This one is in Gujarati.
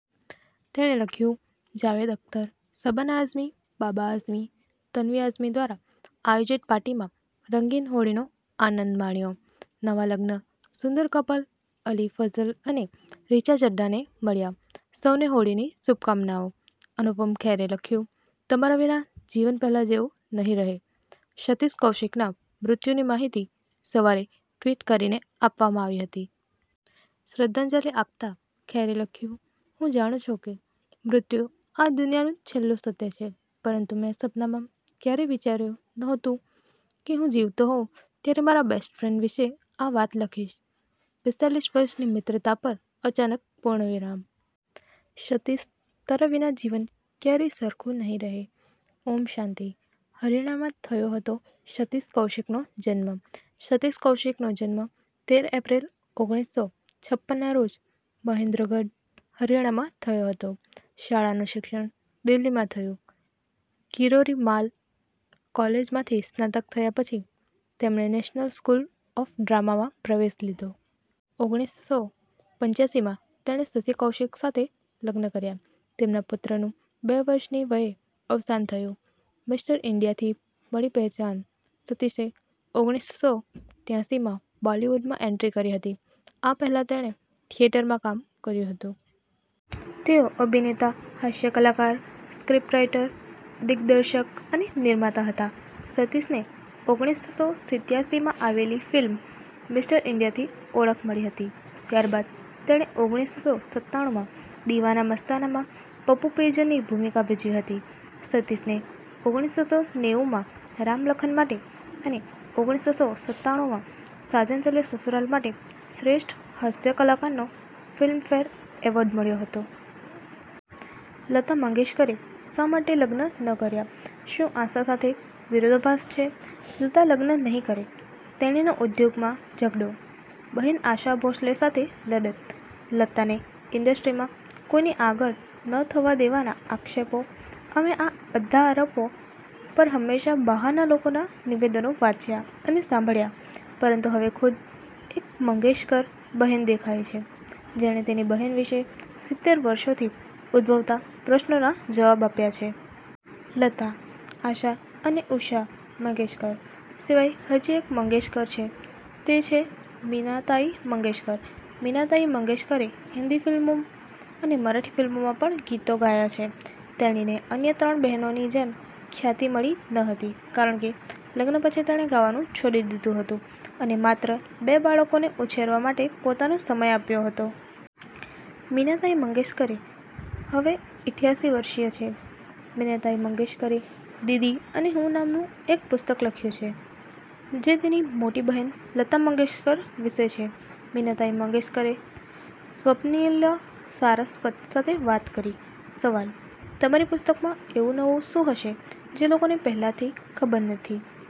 તેણે લખ્યું- 'જાવેદ અખ્તર, શબાના આઝમી, બાબા આઝમી, તન્વી આઝમી દ્વારા આયોજિત પાર્ટીમાં રંગીન હોળીનો આનંદ માણ્યો. નવા લગ્ન સુંદર કપલ અલી ફઝલ અને રિચા ચઢ્ઢાને મળ્યા. સૌને હોળીની શુભકામનાઓ. અનુપમ ખેરે લખ્યું: તમારા વિના જીવન પહેલા જેવું નહીં રહે સતીશ કૌશિકના મૃત્યુની માહિતી સવારે ટ્વીટ કરીને આપવામાં આવી હતી. શ્રદ્ધાંજલિ આપતાં ખેરે લખ્યું- 'હું જાણું છું કે મૃત્યુ આ દુનિયાનું છેલ્લું સત્ય છે, પરંતુ મેં સપનામાં ક્યારેય વિચાર્યું નહોતું કે હું જીવતો હોઉં ત્યારે મારા બેસ્ટ ફ્રેન્ડ વિશે આ વાત લખીશ. પિસ્તાલીસ વર્ષની મિત્રતા પર અચાનક પૂર્ણવિરામ. સતીશ તારા વિના જીવન ક્યારેય સરખું નહીં રહે! ઓમ શાંતિ! હરિયાણામાં થયો હતો સતીશ કૌશિકનો જન્મ સતીશ કૌશિકનો જન્મ તેર એપ્રિલ ઓગણીસસો છપ્પનના રોજ મહેન્દ્રગઢ, હરિયાણામાં થયો હતો. શાળાનું શિક્ષણ દિલ્હીમાં થયું. કિરોરી માલ કૉલેજમાંથી સ્નાતક થયા પછી, તેમણે નેશનલ સ્કૂલ ઑફ ડ્રામામાં પ્રવેશ લીધો. ઓગણીસસો પંચાસીમાં તેણે શશિ કૌશિક સાથે લગ્ન કર્યા. તેમના પુત્રનું બે વર્ષની વયે અવસાન થયું. મિસ્ટર ઈન્ડિયાથી મળી પહેચાન સતીશે ઓગણીસસો ત્યાસીમાં બોલિવૂડમાં એન્ટ્રી કરી હતી. આ પહેલા તેણે થિયેટરમાં કામ કર્યું હતું. તેઓ અભિનેતા, હાસ્ય કલાકાર, સ્ક્રિપ્ટ રાઈટર, દિગ્દર્શક અને નિર્માતા હતા. સતીશને ઓગણીસસો સિત્યાસીમાં આવેલી ફિલ્મ મિસ્ટર ઈન્ડિયાથી ઓળખ મળી હતી. ત્યારબાદ તેણે ઓગણીસસો સત્તાણુમાં દિવાના-મસ્તાનામાં પપ્પુ પેજરની ભૂમિકા ભજવી હતી. સતીશને ઓગણીસસો નેવુંમાં રામ લખન માટે અને ઓગણીસસો સત્તાણુમાં સાજન ચલે સસુરાલ માટે શ્રેષ્ઠ હાસ્ય કલાકારનો ફિલ્મફેર એવોર્ડ મળ્યો હતો. લતા મંગેશકરે શા માટે લગ્ન ન કર્યા? શું આશા સાથે વિરોધાભાસ છે? લતા લગ્ન નહીં કરે, તેણીનો ઉદ્યોગમાં ઝગડો, બહેન આશા ભોંસલે સાથે લડત, લતાને ઈન્ડસ્ટ્રીમાં કોઈની આગળ ન થવા દેવાના આક્ષેપો અમે આ બધા આરોપો પર હંમેશા બહારના લોકોના નિવેદનો વાંચ્યા અને સાંભળ્યા, પરંતુ હવે ખુદ એક મંગેશકર બહેન દેખાઇ છે, જેણે તેની બહેન વિશે સિત્તેર વર્ષોથી ઉદભવતા પ્રશ્નોના જવાબ આપ્યા છે. લતા, આશા અને ઉષા મંગેશકર સિવાય હજી એક મંગેશકર છે તે છે મીનાતાઇ મંગેશકર. મીનાતાઇ મંગેશકરે હિન્દી ફિલ્મો અને મરાઠી ફિલ્મોમાં પણ ગીતો ગાયા છે. તેણીને અન્ય ત્રણ બહેનોની જેમ ખ્યાતિ મળી ન હતી કારણ કે, લગ્ન પછી તેણે ગાવાનું છોડી દીધું હતું અને માત્ર બે બાળકોને ઉછેરવા માટે પોતાનો સમય આપ્યો હતો. મીનાતાઈ મંગેશકરે, હવે ઈઠયાસી વર્ષીય છે, મીનાતાઈ મંગેશકરે દીદી અને હું નામનું એક પુસ્તક લખ્યું છે, જે તેની મોટી બહેન લતા મંગેશકર વિશે છે. મીનાતાઇ મંગેશકરે સ્વપ્નીલ સારસ્વત સાથે વાત કરી. સવાલ: તમારી પુસ્તકમાં એવું નવું શું હશે જે લોકોને પહેલાથી ખબર નથી?